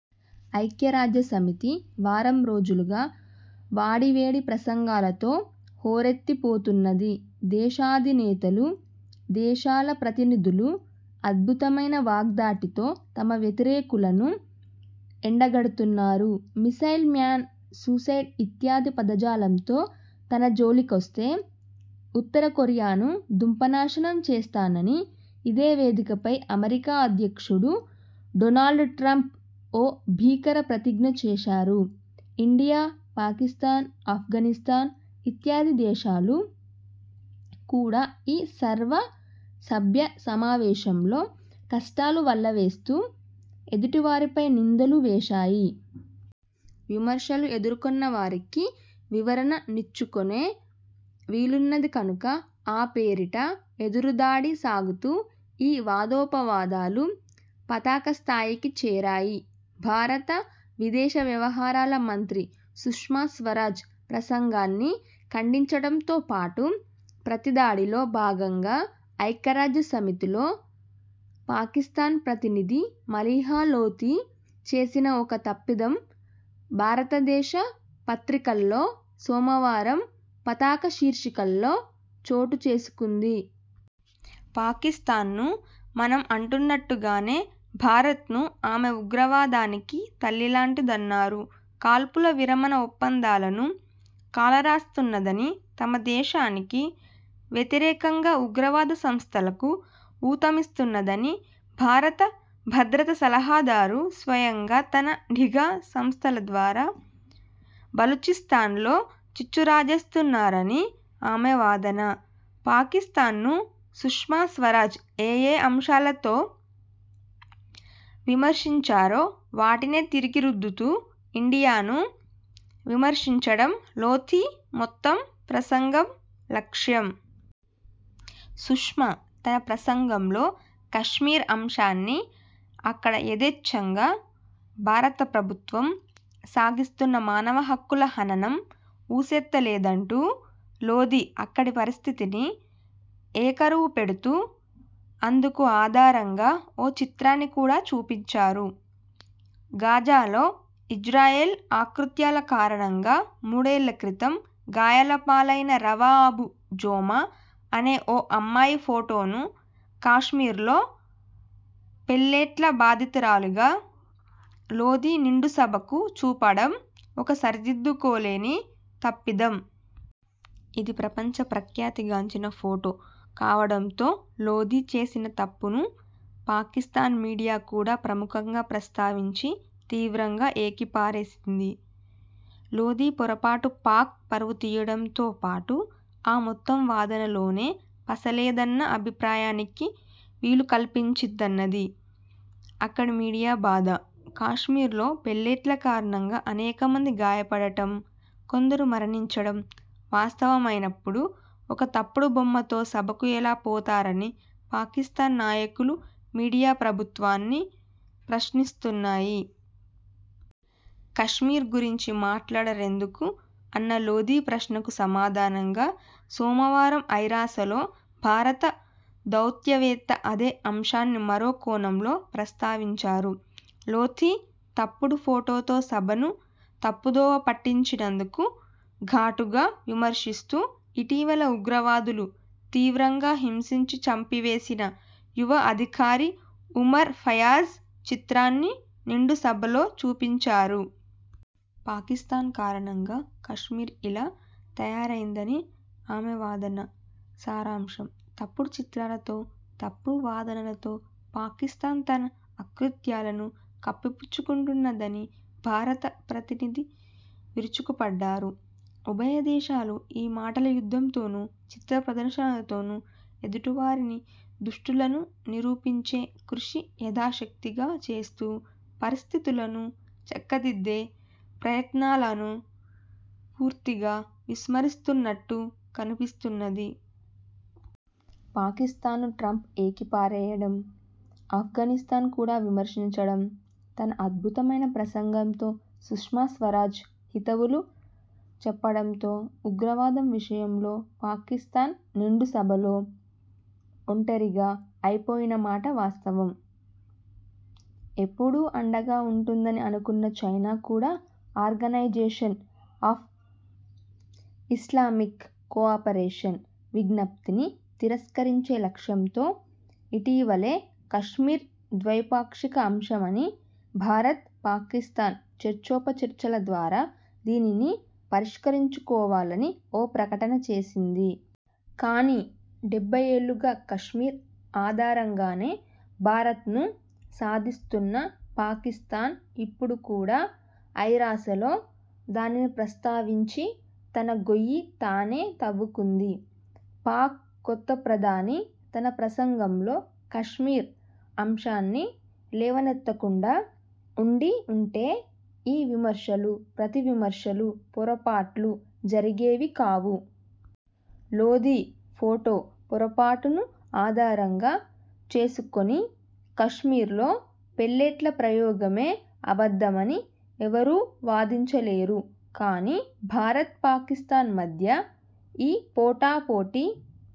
ఐక్యరాజ్యసమితి వారంరోజులుగా వాడీవేడి ప్రసంగాలతో హోరెత్తిపోతున్నది. దేశాధినేతలు, దేశాల ప్రతినిధులు అద్భుతమైన వాగ్ధాటితో తమ వ్యతిరేకులను ఎండగడుతున్నారు. మిసైల్ మ్యాన్, సూసైడ్ ఇత్యాది పదజాలంతో తనజోలికొస్తే ఉత్తరకొరియాను దుంపనాశనం చేస్తానని ఇదే వేదికపై అమెరికా అధ్యక్షుడు డొనాల్డ్ట్రంప్ ఓ భీకర ప్రతిజ్ఞ చేశారు. ఇండియా, పాకిస్థాన్, అఫ్ఘానిస్థాన్ ఇత్యాది దేశాలు కూడా ఈ సర్వసభ్య సమావేశంలో కష్టాలు వల్లెవేస్తూ ఎదుటివారిపై నిందలూ వేశాయి. విమర్శలు ఎదుర్కొన్నవారికి వివరణనిచ్చుకొనే వీలున్నది కనుక ఆ పేరిట ఎదురుదాడి సాగుతూ ఈ వాదోపవాదాలు పతాకస్థాయికి చేరాయి. భారత విదేశవ్యవహారాల మంత్రి సుష్మాస్వరాజ్ ప్రసంగాన్నిఖండించడంతోపాటు, ప్రతిదాడిలో భాగంగా ఐక్యరాజ్యసమితిలో పాకిస్థాన్ ప్రతినిధి మలీహా లోథీ చేసిన ఒక తప్పిదం భారతదేశ పత్రికల్లో సోమవారం పతాకశీర్షికల్లో చోటుచేసుకుంది. పాకిస్థాన్ను మనం అంటున్నట్టుగానే భారత్ను ఆమె ఉగ్రవాదానికి తల్లిలాంటిదన్నారు. కాల్పుల విరమణ ఒప్పందాలను కాలరాస్తున్నదనీ, తమదేశానికి వ్యతిరేకంగా ఉగ్రవాదసంస్థలకు ఊతమిస్తున్నదనీ, భారత భద్రతాసలహాదారు స్వయంగా తన నిఘా సంస్థలద్వారా బలూచిస్థాన్లో చిచ్చురాజేస్తున్నారనీ ఆమె వాదన. పాకిస్థాన్ను సుష్మాస్వరాజ్ ఏయే అంశాలతో విమర్శించారో వాటినే తిరిగిరుద్దుతూ ఇండియాను విమర్శించడం లోథీ మొత్తం ప్రసంగం లక్ష్యం. సుష్మా తన ప్రసంగంలో కశ్మీర్ అంశాన్నీ, అక్కడ యథేచ్ఛగా భారతప్రభుత్వం సాగిస్తున్న మానవహక్కుల హననం ఊసెత్తలేదంటూ లోధీ అక్కడి పరిస్థితిని ఏకరువుపెడుతూ, అందుకు ఆధారంగా ఓ చిత్రాన్ని కూడా చూపించారు. గాజాలో ఇజ్రాయెల్ అకృత్యాల కారణంగా మూడేళ్ళక్రితం గాయాలపాలైన రవా అబు జోమా అనే ఓ అమ్మాయిఫోటోను కశ్మీర్లో పెల్లెట్ల బాధితురాలిగా లోధీ నిండుసభకు చూపడం ఒక సరిదిద్దుకోలేని తప్పిదం. ఇది ప్రపంచ ప్రఖ్యాతిగాంచిన ఫోటో కావడంతో లోధీ చేసిన తప్పును పాకిస్థాన్ మీడియా కూడా ప్రముఖంగా ప్రస్తావించి, తీవ్రంగా ఏకిపారేసింది. లోధీ పొరపాటు పాక్ పరువు తీయడంతో పాటు, ఆ మొత్తం వాదనలోనే పసలేదన్న అభిప్రాయానికి వీలుకల్పించిందన్నది అక్కడి మీడియా బాధ. కశ్మీర్లో పెల్లెట్ల కారణంగా అనేకమంది గాయపడటం, కొందరు మరణించడం వాస్తవమైనప్పుడు, ఒక తప్పుడు బొమ్మతో సభకు ఎలా పోతారని పాకిస్థాన్ నాయకులు, మీడియా ప్రభుత్వాన్ని ప్రశ్నిస్తున్నాయి. కశ్మీర్ గురించి మాట్లాడరెందుకు అన్న లోధీ ప్రశ్నకు సమాధానంగా, సోమవారం ఐరాసలో భారత దౌత్యవేత్త అదే అంశాన్ని మరో కోణంలో ప్రస్తావించారు. లోథీ తప్పుడు ఫోటోతో సభను తప్పుదోవపట్టించినందుకు ఘాటుగా విమర్శిస్తూ, ఇటీవల ఉగ్రవాదులు తీవ్రంగా హింసించి చంపివేసిన యువ అధికారి ఉమర్ ఫయాజ్ చిత్రాన్ని నిండు సభలో చూపించారు. పాకిస్థాన్ కారణంగా కశ్మీర్ ఇలా తయారైందని ఆమె వాదన సారాంశం. తప్పుడు చిత్రాలతో, తప్పుడు వాదనలతో పాకిస్థాన్ తన అకృత్యాలను కప్పిపుచ్చుకుంటున్నదని భారత ప్రతినిధి విరుచుకుపడ్డారు. ఉభయదేశాలూ ఈ మాటల యుద్ధంతోనూ, చిత్ర ప్రదర్శనలతోనూ ఎదుటివారిని దుష్టులను నిరూపించే కృషి యథాశక్తిగా చేస్తూ, పరిస్థితులను చక్కదిద్దే ప్రయత్నాలను పూర్తిగా విస్మరిస్తున్నట్టు కనిపిస్తున్నది. పాకిస్థాన్ను ట్రంప్ ఏకిపారేయడం, అఫ్ఘానిస్థాన్ కూడా విమర్శించడం, తన అద్భుతమైన ప్రసంగంతో సుష్మా స్వరాజ్ హితవులు చెప్పడంతో ఉగ్రవాదం విషయంలో పాకిస్థాన్ నిండుసభలో ఒంటరిగా అయిపోయినమాట వాస్తవం. ఎప్పుడూ అండగా ఉంటుందని అనుకున్న చైనా కూడా ఆర్గనైజేషన్ ఆఫ్ ఇస్లామిక్ కోపరేషన్ విజ్ఞప్తిని తిరస్కరించే లక్ష్యంతో ఇటీవలే కశ్మీర్ ద్వైపాక్షిక అంశమనీ, భారత్–పాకిస్థాన్ చర్చోపచర్చల ద్వారా దీనిని పరిష్కరించుకోవాలని ఓ ప్రకటన చేసింది. కానీ, డెభై ఏళ్ళుగా కశ్మీర్ ఆధారంగానే భారత్ను సాధిస్తున్న పాకిస్థాన్ ఇప్పుడు కూడా ఐరాసలో దానిని ప్రస్తావించి తన గొయ్యి తానే తవ్వుకుంది. పాక్ కొత్త ప్రధాని తన ప్రసంగంలో కశ్మీర్ అంశాన్ని లెవనెత్తకుండా ఉండి వుంటే ఈ విమర్శలు, ప్రతివిమర్శలు, పొరపాట్లు జరిగేవి కావు. లోధీ ఫోటో పొరపాటును ఆధారంగా చేసుకొని కశ్మీర్లో పెల్లెట్ల ప్రయోగమే అబద్ధమని ఎవరూ వాదించలేరు. కానీ, భారత్–పాకిస్థాన్ మధ్య ఈ పోటాపోటీ